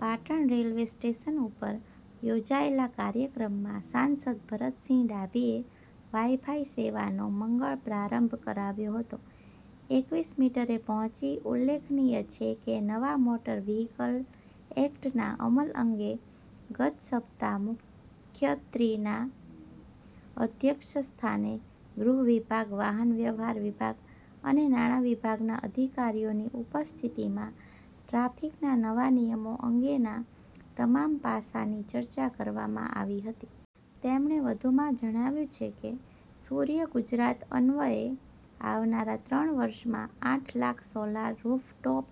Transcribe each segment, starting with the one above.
Patan railway station ઉપર યોજાયેલા કાર્યક્રમમાં સાંસદ ભરતસિંહ ડાભીએ વાઇફાઇ સેવાનો મંગળ પ્રારંભ કરાવ્યો હતો .એકવીસ મીટરે પહોચી ઉલ્લેખનીય છે કે નવા મોટર વ્હીકલ એક્ટના અમલ અંગે ગત સપ્તાહ મુખ્યત્રીના અધ્યક્ષસ્થાને ગૃહવિભાગ વાહન વ્યવહાર વિભાગ અને નાણા વિભાગના અધિકારીઓની ઉપસ્થિતિમાં ટ્રાફીકના નવા નિયમો અંગેના તમામ પાસાની ચર્ચા કરવામાં આવી હતી. તેમણે વધુમાં જણાવ્યું છે કે સૂર્ય ગુજરાત અન્વયે આવનારા ત્રણ વર્ષમાં આઠ લાખ સોલાર રૂફટોપ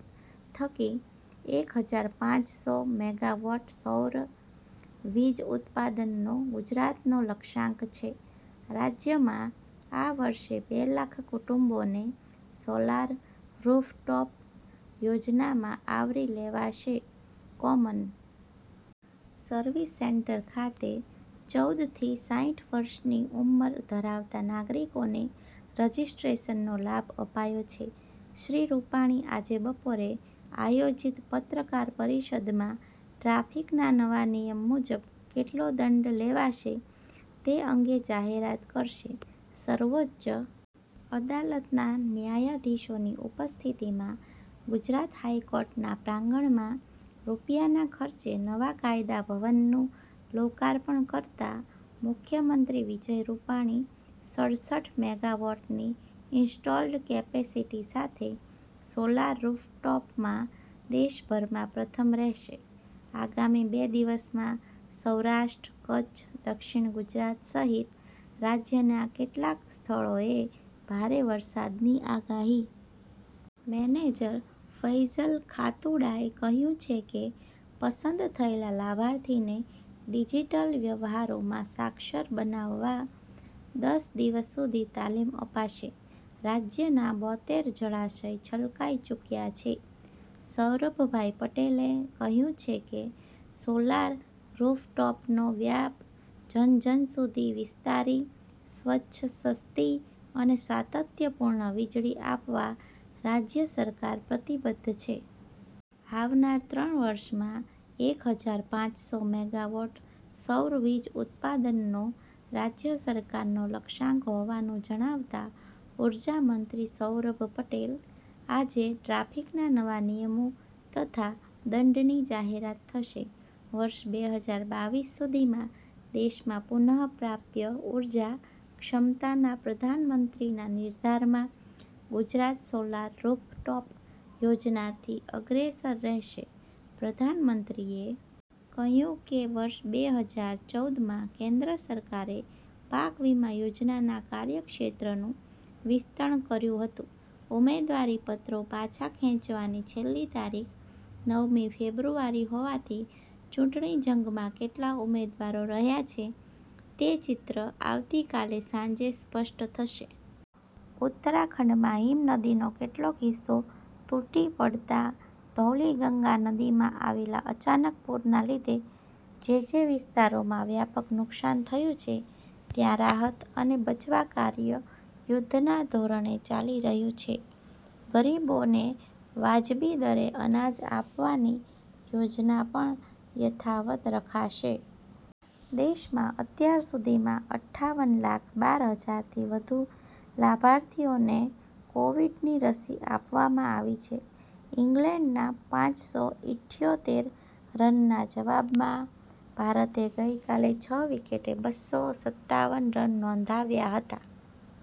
થકી એક હજાર પાંચ સો મેગાવોટ સૌર વીજ ઉત્પાદનનો ગુજરાતનો લક્ષ્યાંક છે. રાજ્યમાં આ વર્ષે બે લાખ કુટુંબોને સોલાર રૂફટોપ યોજનામાં આવરી લેવાશે કોમન. સર્વિસ સેન્ટર ખાતે ચૌદ થી સાઈઠ વર્ષની ઉંમર ધરાવતા નાગરિકોને રજીસ્ટ્રેશનનો લાભ અપાયો છે. શ્રી રૂપાણી આજે બપોરે આયોજીત પત્રકાર પરિષદમાં ટ્રાફિકના નવા નિયમ મુજબ કેટલો દંડ લેવાશે તે અંગે જાહેરાત કરશે .સર્વોચ્ચ અદાલતના ન્યાયાધીશોની ઉપસ્થિતિમાં ગુજરાત હાઇકોર્ટના પ્રાંગણમાં રૂપિયાના ખર્ચે નવા કાયદાભવનનું લોકાર્પણ કરતા મુખ્યમંત્રી વિજય રૂપાણી સડસઠ મેગાવોટની ઇન્સ્ટોલ્ડ કેપેસિટી સાથે સોલાર રૂફટોપમાં દેશભરમાં પ્રથમ રહેશે. આગામી બે દિવસમાં સૌરાષ્ટ્ર, કચ્છ ,દક્ષિણ ગુજરાત સહિત રાજ્યના કેટલાક સ્થળોએ ભારે વરસાદની આગાહી. મેનેજર ફૈઝલ ખાતુડાએ કહ્યું છે કે પસંદ થયેલા લાભાર્થીને ડિજીટલ વ્યવહારોમાં સાક્ષર બનાવવા દસ દિવસ સુધી તાલીમ અપાશે રાજયના બોતેર જળાશય છલકાઈ ચૂકયા છે. સૌરભભાઇ પટેલે કહ્યું છે કે સોલાર રૂફટોપનો વ્યાપ જનજન સુધી વિસ્તારી સ્વચ્છસસ્તી અને સાતત્યપૂર્ણ વીજળી આપવા રાજ્યસરકાર પ્રતિબદ્ધ છે. આવનાર ત્રણ વર્ષમાં એક હજાર પાંચ સો મેગાવોટ સૌર વીજ ઉત્પાદનનો રાજ્ય સરકારનો લક્ષ્યાંક હોવાનું જણાવતા ઉર્જામંત્રી સૌરભ પટેલ આજે ટ્રાફિકના નવા નિયમો તથા દંડની જાહેરાત થશે વર્ષ બે હજાર બાવીસ સુધીમાં દેશમાં પુનઃ પ્રાપ્ય ઉર્જા ક્ષમતાના પ્રધાનમંત્રીના નિર્ધારમાં ગુજરાત સોલાર રૂફટોપ યોજનાથી અગ્રેસર રહેશે .પ્રધાનમંત્રીએ કહ્યું કે વર્ષ બે હજાર ચૌદ માં કેન્દ્ર સરકારે પાક વિમા યોજનાના કાર્યક્ષેત્રનું વિસ્તણ કર્યું હતું .ઉમેદવારીપત્રો પાછા ખેંચવાની છેલ્લી તારીખ નવ મી ફેબ્રુઆરી હોવાથી ચૂંટણી જંગમાં કેટલા ઉમેદવારો રહ્યા છે તે ચિત્ર આવતીકાલે સાંજે સ્પષ્ટ થશે. ઉત્તરાખંડમાં હિમનદીનો કેટલોક હિસ્સો તૂટી પડતા ધૌલીગંગા નદીમાં આવેલા અચાનક પુરના લીધે જે જે વિસ્તારોમાં વ્યાપક નુકશાન થયું છે ત્યાં રાહત અને બચવા કાર્ય યુદ્ધના ધોરણે ચાલી રહ્યું છે. ગરીબોને વાજબી દરે અનાજ આપવાની યોજના પણ યથાવત્ રખાશે. દેશમાં અત્યાર સુધીમાં અઠ્ઠાવન લાખ બાર હજારથી વધુ લાભાર્થીઓને કોવીડની રસી આપવામાં આવી છે .ઈંગ્લેન્ડના પાંચ સો ઇઠ્યોતેર રનના જવાબમાં ભારતે ગઈકાલે છ વિકેટે બસ્સો સત્તાવન રન નોંધાવ્યા હતા.